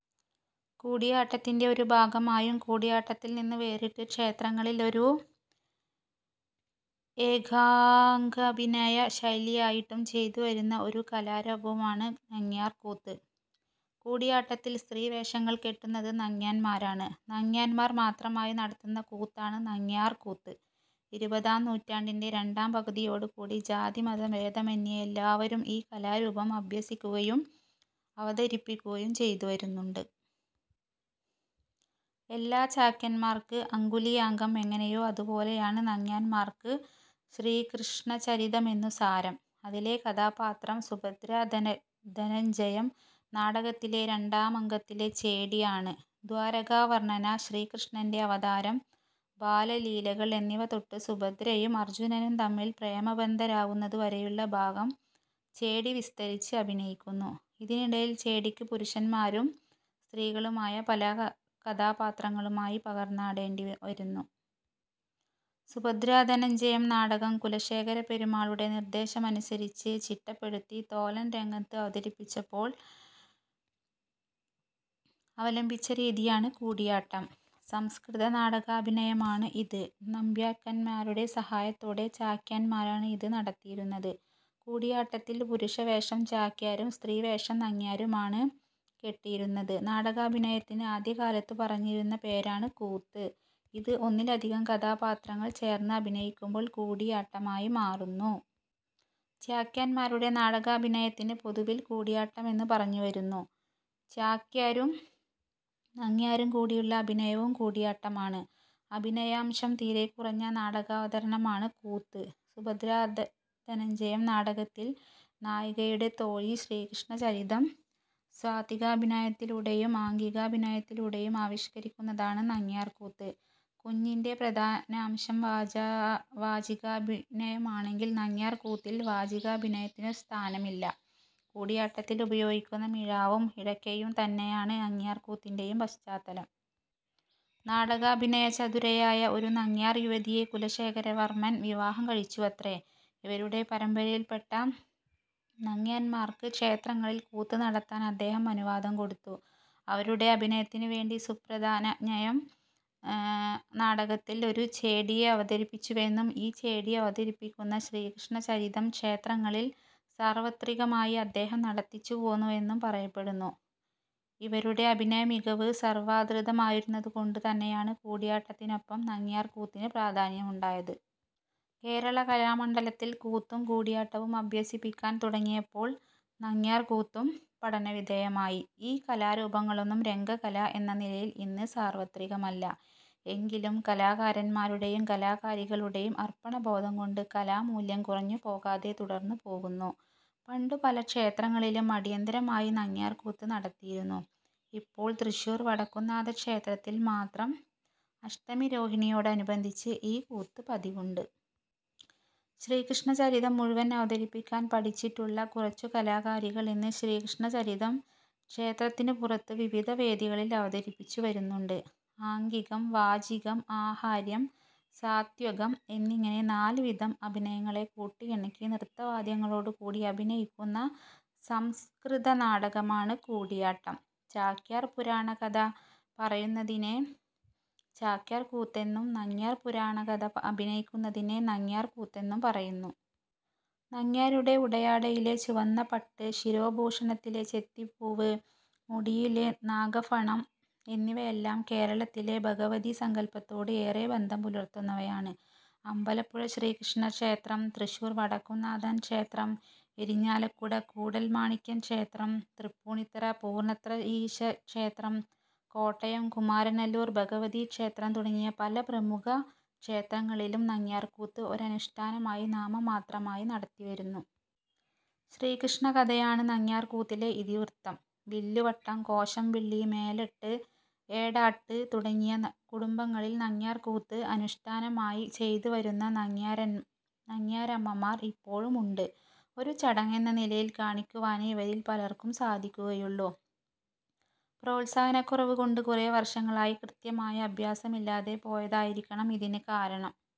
കൂടിയാട്ടത്തിൻ്റെ ഒരു ഭാഗമായും, കൂടിയാട്ടത്തിൽനിന്നു വേറിട്ട് ക്ഷേത്രങ്ങളിൽ ഒരു ഏകാംഗാഭിനയ ശൈലിയായിട്ടും ചെയ്തുവരുന്ന ഒരു കലാരൂപമാണ് നങ്ങ്യാർക്കൂത്ത്. കൂടിയാട്ടത്തിൽ സ്ത്രീവേഷങ്ങൾ കെട്ടുന്നത് നങ്ങ്യാന്മാരാണ്. നങ്ങ്യാന്മാർ മാത്രമായി നടത്തുന്ന കൂത്താണ് നങ്ങ്യാർക്കൂത്ത്. ഇരുപതാം നൂറ്റാണ്ടിൻ്റെ രണ്ടാം പകുതിയോടു കൂടി ജാതിമത ഭേദമന്യേ എല്ലാവരും ഈ കലാരൂപം അഭ്യസിക്കുകയും അവതരിപ്പിക്കുകയും ചെയ്തു വരുന്നുണ്ട്. എല്ലാ ചാക്യാന്മാർക്ക് അംഗുലീയാങ്കം എങ്ങനെയോ, അതുപോലെയാണ് നങ്ങ്യാന്മാർക്ക് ശ്രീകൃഷ്ണചരിതമെന്നുസാരം. അതിലെ കഥാപാത്രം സുഭദ്രാധനഞ്ജയം നാടകത്തിൻ്റെ രണ്ടാമങ്കത്തിലെ 'ചേടി' ആണ്. ദ്വാരകാവർണന, ശ്രീകൃഷ്ണൻ്റെ അവതാരം, ബാലലീലകൾ എന്നിവ തൊട്ട് സുഭദ്രയും അർജ്ജുനനും തമ്മിൽ പ്രേമബദ്ധരാകുന്നതുവരെയുള്ള ഭാഗം ചേടി വിസ്തരിച്ച് അഭിനയിക്കുന്നു. ഇതിനിടയിൽ ചേടിക്ക് പുരുഷന്മാരും സ്ത്രീകളുമായ പലകഥാപാത്രങ്ങളുമായി പകർന്നാടേണ്ടി വരുന്നു. സുഭദ്രാധനഞ്ജയം നാടകം കുലശേഖര പെരുമാളുടെ നിർദ്ദേശമനുസരിച്ച് ചിട്ടപ്പെടുത്തി തോലൻ രംഗത്ത് അവതരിപ്പിച്ചപ്പോൾ അവലംബിച്ച രീതിയാണ് കൂടിയാട്ടം. സംസ്കൃത നാടകാഭിനയമാണ് ഇത്. നമ്പ്യാന്മാരുടെ സഹായത്തോടെ ചാക്യാന്മാരാണ് ഇത് നടത്തിയിരുന്നത്. കൂടിയാട്ടത്തിൽ പുരുഷവേഷം ചാക്യാരും സ്ത്രീവേഷം നങ്ങ്യാരുമാണ് കെട്ടിയിരുന്നത്. നാടകാഭിനയത്തിന് ആദ്യകാലത്തു പറഞ്ഞിരുന്ന പേരാണ് കൂത്ത്. ഇത് ഒന്നിലധികം കഥാപാത്രങ്ങൾ ചേർന്ന് അഭിനയിക്കുമ്പോൾ കൂടിയാട്ടമായി മാറുന്നു. ചാക്യാന്മാരുടെ നാടാകാഭിനയത്തിന് പൊതുവിൽ കൂടിയാട്ടമെന്നു പറഞ്ഞുവരുന്നു. ചാക്യാരും നങ്ങ്യാരും കൂടിയുള്ള അഭിനയവും കൂടിയാട്ടമാണ്. അഭിനയാംശം തീരെ കുറഞ്ഞ നാടകാവതരണമാണ് കൂത്ത്. സുഭദ്രാധനഞ്ജയം നാടകത്തിൽ നായികയുടെ തോഴി ശ്രീകൃഷ്ണചരിതം സാത്വികാഭിനയത്തിലൂടെയും ആംഗികാഭിനയത്തിലൂടെയും ആവിഷ്കരിക്കുന്നതാണ് നങ്ങ്യാർകൂത്ത്. കൂത്തിൻ്റെ പ്രധാനാംശം വാചികാഭിനയമാണെങ്കിൽ നങ്ങ്യാർകൂത്തിൽ വാചികാഭിനയത്തിനു സ്ഥാനമില്ല. കൂടിയാട്ടത്തിൽ ഉപയോഗിക്കുന്ന മിഴാവും ഇടയ്ക്കയും തന്നെയാണ് നങ്ങ്യാർകൂത്തിൻ്റെയും പശ്ചാത്തലം. നാടകാഭിനയചതുരയായ ഒരു നങ്ങ്യാർയുവതിയെ കുലശേഖരവർമൻ വിവാഹം കഴിച്ചുവത്രെ. ഇവരുടെ പരമ്പരയിൽപ്പെട്ട നങ്ങ്യാർമാർക്ക് ക്ഷേത്രങ്ങളിൽ കൂത്ത് നടത്താൻ അദ്ദേഹം അനുവാദം കൊടുത്തു. അവരുടെ അഭിനയത്തിനുവേണ്ടി സുഭദ്രാധനഞ്ജയംനാടകത്തിൽ ഒരു ചേടിയെ അവതരിപ്പിച്ചുവെന്നും ഈ ചേടി അവതരിപ്പിക്കുന്ന ശ്രീകൃഷ്ണചരിതം ക്ഷേത്രങ്ങളിൽ സാർവത്രികമായി അദ്ദേഹം നടത്തിച്ചു പോന്നുവെന്നും പറയപ്പെടുന്നു. ഇവരുടെ അഭിനയമികവ് സർവാദൃതമായിരുന്നതുകൊണ്ട് തന്നെയാണ് കൂടിയാട്ടത്തിനൊപ്പം നങ്ങ്യാർകൂത്തിന് പ്രാധാന്യമുണ്ടായത്. കേരള കലാമണ്ഡലത്തിൽ കൂത്തും കൂടിയാട്ടവും അഭ്യസിപ്പിക്കാൻ തുടങ്ങിയപ്പോൾ നങ്ങ്യാർകൂത്തും പഠനവിധേയമായി. ഈ കലാരൂപങ്ങളൊന്നും രംഗകല എന്ന നിലയിൽ ഇന്ന് സാർവത്രികമല്ല. എങ്കിലും കലാകാരന്മാരുടെയും കലാകാരികളുടെയും അർപ്പണബോധംകൊണ്ട്, കലാമൂല്യം കുറഞ്ഞുപോകാതെ തുടർന്നുപോകുന്നു. പണ്ടു പല ക്ഷേത്രങ്ങളിലും 'അടിയന്തര'മായി നങ്ങ്യാർകൂത്ത് നടത്തിയിരുന്നു. ഇപ്പോൾ തൃശ്ശൂർ വടക്കുന്നാഥ ക്ഷേത്രത്തിൽ മാത്രം അഷ്ടമി രോഹിണിയോടനുബന്ധിച്ച് ഈ കൂത്ത് പതിവുണ്ട്. ശ്രീകൃഷ്ണചരിതം മുഴുവൻ അവതരിപ്പിക്കാൻ പഠിച്ചിട്ടുള്ള കുറച്ചു കലാകാരികൾ ഇന്ന് ശ്രീകൃഷ്ണചരിതം ക്ഷേത്രത്തിനു പുറത്ത് വിവിധ വേദികളിൽ അവതരിപ്പിച്ചു വരുന്നുണ്ട് ആംഗികം, വാചികം, ആഹാര്യം, സാത്ത്വികം എന്നിങ്ങനെ നാല് വിധം അഭിനയങ്ങളെ കൂട്ടി ഇണക്കി നൃത്തവാദ്യങ്ങളോടുകൂടി അഭിനയിക്കുന്ന സംസ്കൃതനാടകമാണ് കൂടിയാട്ടം. ചാക്യാർ പുരാണകഥ പറയുന്നതിനെ ചാക്യാർക്കൂത്തെന്നും നങ്ങ്യാർ പുരാണകഥ അഭിനയിക്കുന്നതിനെ നങ്ങ്യാർക്കൂത്തെന്നും പറയുന്നു. നങ്ങ്യാരുടെ ഉടയാടയിലെ ചുവന്ന പട്ട്, ശിരോഭൂഷണത്തിലെ ചെത്തിപ്പൂവ്, മുടിയിലെ നാഗഫണം എന്നിവയെല്ലാം കേരളത്തിലെ ഭഗവതീസങ്കല്പത്തോട് ഏറെ ബന്ധം പുലർത്തുന്നവയാണ്. അമ്പലപ്പുഴ ശ്രീകൃഷ്ണ ക്ഷേത്രം, തൃശ്ശൂർ വടക്കുംനാഥൻ ക്ഷേത്രം, ഇരിഞ്ഞാലക്കുട കൂടൽമാണിക്യം ക്ഷേത്രം, തൃപ്പൂണിത്തുറ പൂർണ്ണത്രയീശക്ഷേത്രം, കോട്ടയം കുമാരനല്ലൂർ ഭഗവതീക്ഷേത്രം തുടങ്ങിയ പല പ്രമുഖക്ഷേത്രങ്ങളിലും നങ്ങ്യാർക്കൂത്ത് ഒരനുഷ്ഠാനമായി നാമമാത്രമായി നടത്തിവരുന്നു. ശ്രീകൃഷ്ണകഥയാണ് നങ്ങ്യാർക്കൂത്തിലെ ഇതിവൃത്തം. വില്ലുവട്ടം, കോശമ്പിള്ളി, മേലട്ട്, എടാട്ട് തുടങ്ങിയ കുടുംബങ്ങളിൽ നങ്ങ്യാർകൂത്ത് അനുഷ്ഠാനമായി ചെയ്തുവരുന്ന നങ്ങ്യാരമ്മമാർ ഇപ്പോഴും ഉണ്ട്. ഒരു ചടങ്ങെന്ന നിലയിൽ കാണിക്കുവാനേ ഇവരിൽ പലർക്കും സാധിക്കുകയുള്ളു. പ്രോത്സാഹനക്കുറവുകൊണ്ട് കുറേവർഷങ്ങളായി കൃത്യമായ അഭ്യാസമില്ലാതെ പോയതായിരിക്കണം ഇതിന് കാരണം.